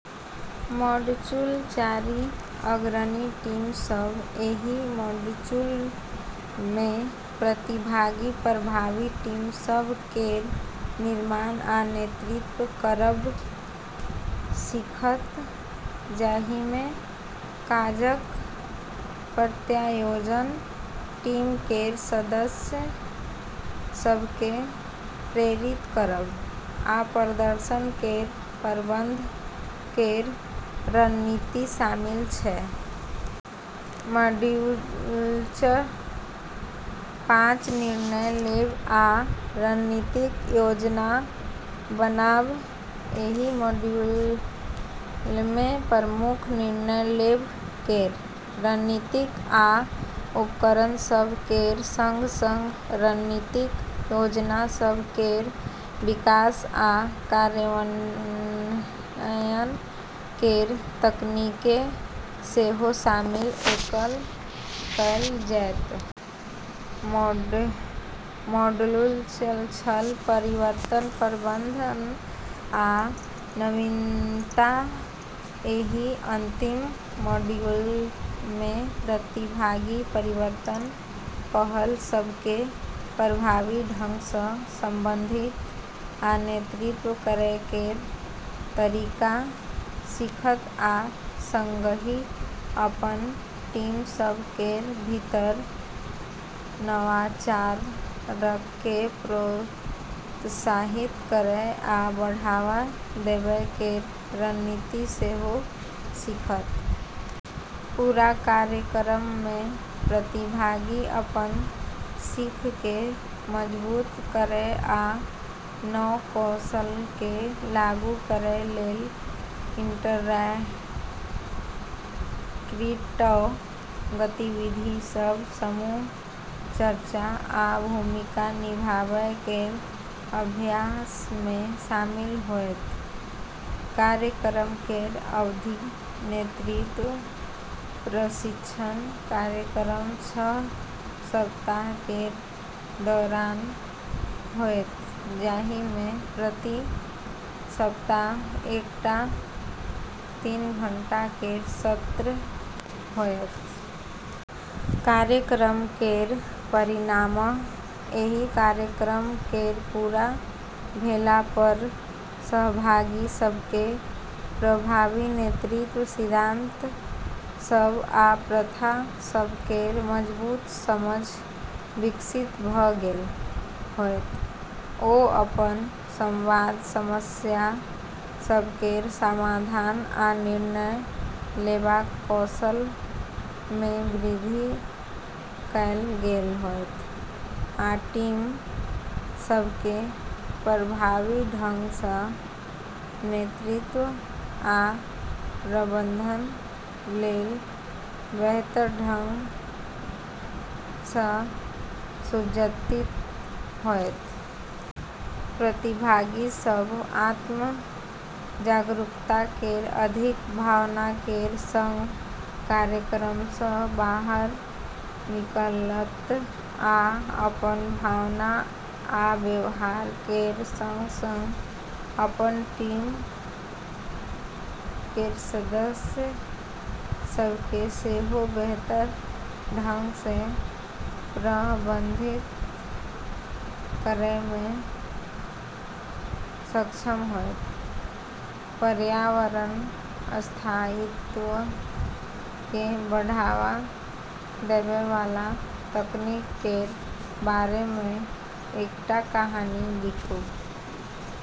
Module चारि अग्रणी team सभ: एहि मॉड्यूलमे प्रतिभागी प्रभावी टीम सभ केर निर्माण आ नेतृत्व करब सीखत, जाहिमे काजक प्रत्यायोजन, टीम केर सदस्य सभकेँ प्रेरित करब, आ प्रदर्शन केर प्रबंधन केर रणनीति शामिल छै। मॉड्यूल पाँच निर्णय लेब आ रणनीतिक योजना बनाब: एहि मॉड्यूलमे प्रमुख निर्णय लेब केर रणनीतिक आ उपकरण सभ केर संग-संग रणनीतिक योजना सभ केर विकास आ कार्यान्वयन केर तकनीककेँ सेहो शामिल कएल जेतै। मॉड्यूल छह परिवर्तन प्रबंधन आ नवीनता: एहि अंतिम मॉड्यूलमे प्रतिभागी परिवर्तन पहल सभकेँ प्रभावी ढंगसँ प्रबंधित आ नेतृत्व करै केर तरीका सीखत, आ संगहि अपन टीम सभ केर भीतर नवाचारकेँ प्रोत्साहित करै आ बढ़ावा देबै केर रणनीति सेहो सीखत। पूरा कार्यक्रममे प्रतिभागी अपन सीखकेँ मजबूत करै आ नव कौशलकेँ लागू करै लेल इंटरैक्टिव गतिविधिसभ, समूह चर्चा, आ भूमिका निभाबै केर अभ्यासमे शामिल होयत। कार्यक्रम केर अवधि: नेतृत्व प्रशिक्षण कार्यक्रम छह सप्ताह केर दौरान होयत, जाहिमे प्रति सप्ताह एकटा तीन घंटा केर सत्र होयत। कार्यक्रम केर परिणाम: एहि कार्यक्रम केर पूरा भेलापर सहभागी सभकेँ प्रभावी नेतृत्व सिद्धांत सभ आ प्रथा सभ केर मजबूत समझ विकसित भऽ गेल होयत। ओ अपन संवाद, समस्या सभ केर समाधान, आ निर्णय लेबाक कौशलमे वृद्धि कएल गेल होयत, आ टीम सभकेँ प्रभावी ढंगसँ नेतृत्व आ प्रबंधन लेल बेहतर ढंगसँ सुसज्जित होयत। प्रतिभागी सभ आत्म-जागरूकता केर अधिक भावना केर संग कार्यक्रमसँ बाहर निकलत, आ अपन भावना आ व्यवहार केर संग-संग अपन टीम केर सदस्य सभकेँ सेहो बेहतर ढंगसँ प्रबंधित करैमे सक्षम होयत। पर्यावरण स्थायित्वकेँ बढ़ावा देबैवाला तकनीक केर बारेमे एकटा कहानी लिखू।